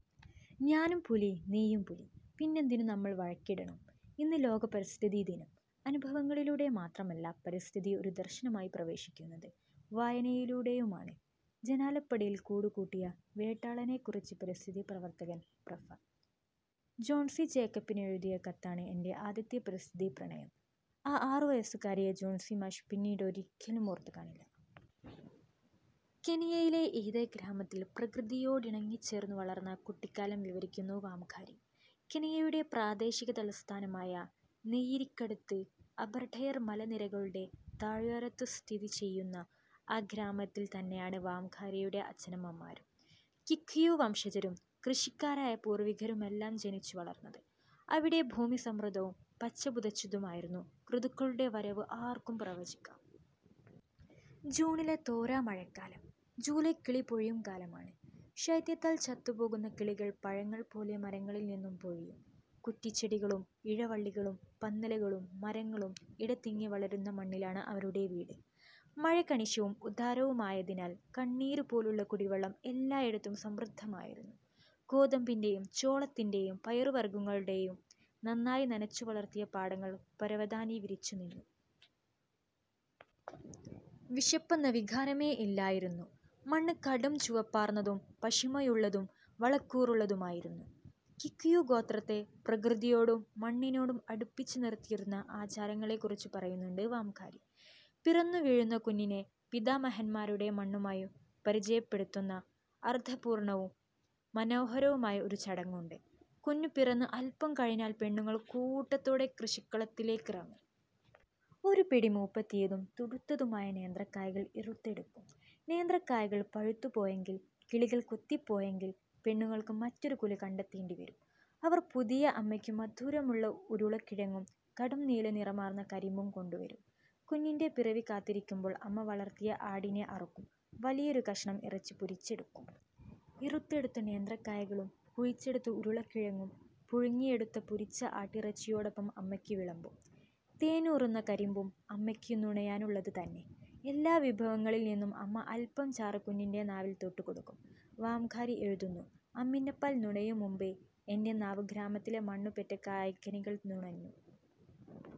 ഞാനും പുലി, നീയും പുലി; പിന്നെന്തിനു നമ്മൾ വഴക്കിടണം! ഇന്ന് ലോക പരിസ്ഥിതിദിനം. അനുഭവങ്ങളിലൂടെ മാത്രമല്ല പരിസ്ഥിതി ഒരു ദർശനമായി പ്രവേശിക്കുന്നത്; വായനയിലൂടെയുമാണ്. ജനാലപ്പടിയിൽ കൂടുകൂട്ടിയ വേട്ടാളനെക്കുറിച്ച് പരിസ്ഥിതി പ്രവർത്തകൻ പ്രഫ. ജോൺസി ജേക്കബിനെഴുതിയ കത്താണ് എന്റെ ആദ്യത്തെ പരിസ്ഥിതി പ്രണയം. ആ ആറുവയസ്സുകാരിയെ ജോൺസി മാഷ് പിന്നീടൊരിക്കലും ഓർത്തുകാണില്ല. കെനിയയിലെ ഇഹിതെ ഗ്രാമത്തിൽ പ്രകൃതിയോടിണങ്ങിച്ചേർന്നു വളർന്ന കുട്ടിക്കാലം വിവരിക്കുന്നു വാംഗാരി. കെനിയയുടെ പ്രാദേശിക തലസ്ഥാനമായ നെയ്രിക്കടുത്ത്, അബർഡയർ മലനിരകളുടെ താഴ്വാരത്തു സ്ഥിതി ചെയ്യുന്ന ആ ഗ്രാമത്തിൽ തന്നെയാണ് വാംഗാരിയുടെ അച്ഛനമ്മമാരും, കിക്കുയു വംശജരും കൃഷിക്കാരായ പൂർവികരുമെല്ലാം ജനിച്ചു വളർന്നത്. അവിടെ ഭൂമി സമൃദ്ധവും പച്ച പുതച്ചതുമായിരുന്നു. ഋതുക്കളുടെ വരവ് ആർക്കും പ്രവചിക്കാം. ജൂണിലെ തോരാമഴക്കാലം. ജൂലൈ കിളിപൊഴിയും കാലമാണ്. ശൈത്യത്താൽ ചത്തുപോകുന്ന കിളികൾ പഴങ്ങൾ പോലെ മരങ്ങളിൽ നിന്നു പൊഴിയും. കുറ്റിച്ചെടികളും ഇഴവള്ളികളും പന്നലുകളും മരങ്ങളും ഇടതിങ്ങി വളരുന്ന മണ്ണിലാണ് അവരുടെ വീട്. മഴ കണിശവും ഉദാരവുമായതിനാൽ കണ്ണീരുപോലുള്ള കുടിവെള്ളം എല്ലായിടത്തും സമൃദ്ധമായിരുന്നു. ഗോതമ്പിന്റെയും ചോളത്തിന്റെയും പയറുവർഗ്ഗങ്ങളുടെയും നന്നായി നനച്ചു വളർത്തിയ പാടങ്ങൾ പരവതാനി വിരിച്ചു നിന്നു. വിശപ്പെന്ന വികാരമേ ഇല്ലായിരുന്നു. മണ്ണ് കടുംചുവപ്പാർന്നതും പശിമയുള്ളതും വളക്കൂറുള്ളതുമായിരുന്നു. കിക്കുയു ഗോത്രത്തെ പ്രകൃതിയോടും മണ്ണിനോടും അടുപ്പിച്ചു നിർത്തിയിരുന്ന ആചാരങ്ങളെ കുറിച്ചു പറയുന്നുണ്ട് വാംഗാരി. പിറന്നുവീഴുന്ന കുഞ്ഞിനെ പിതാമഹന്മാരുടെ മണ്ണുമായി പരിചയപ്പെടുത്തുന്ന അർഥപൂർണവും മനോഹരവുമായ ഒരു ചടങ്ങുണ്ട്. കുഞ്ഞു പിറന്ന് അൽപം കഴിഞ്ഞാൽ പെണ്ണുങ്ങൾ കൂട്ടത്തോടെ കൃഷിക്കളത്തിലേക്കിറങ്ങും. ഒരു പിടി മൂപ്പെത്തിയതും തുടുത്തതുമായ നേന്ത്രക്കായകൾ ഇറുത്തെടുക്കും. നേന്ത്രക്കായകൾ പഴുത്തുപോയെങ്കിൽ, കിളികൾ കൊത്തിപ്പോയെങ്കിൽ പെണ്ണുങ്ങൾക്കു മറ്റൊരു കുല കണ്ടെത്തേണ്ടി വരും. അവർ പുതിയ അമ്മയ്ക്ക് മധുരമുള്ള ഉരുളക്കിഴങ്ങും കടുംനീലനിറമാർന്ന കരിമ്പും കൊണ്ടുവരും. കുഞ്ഞിന്റെ പിറവി കാത്തിരിക്കുമ്പോൾ അമ്മ വളർത്തിയ ആടിനെ അറുക്കും. വലിയൊരു കഷണം ഇറച്ചി പൊരിച്ചെടുക്കും. ഇറുത്തെടുത്ത നേന്ത്രക്കായകളും കുഴിച്ചെടുത്ത ഉരുളക്കിഴങ്ങും പുഴുങ്ങിയെടുത്തു പൊരിച്ച ആട്ടിറച്ചിയോടൊപ്പം അമ്മയ്ക്കു വിളമ്പും. തേനൂറുന്ന കരിമ്പും അമ്മയ്ക്ക് നുണയാനുള്ളതു തന്നെ. എല്ലാ വിഭവങ്ങളിൽ നിന്നും അമ്മ അൽപം ചാറ് കുഞ്ഞിന്റെ നാവിൽ തൊട്ടു കൊടുക്കും. വാംഗാരി എഴുതുന്നു-അമ്മിഞ്ഞപ്പാൽ നുണയും മുൻപ് എന്റെ നാവ് ഗ്രാമത്തിലെ മണ്ണു പെറ്റ കായ്കനികൾ നുണഞ്ഞു.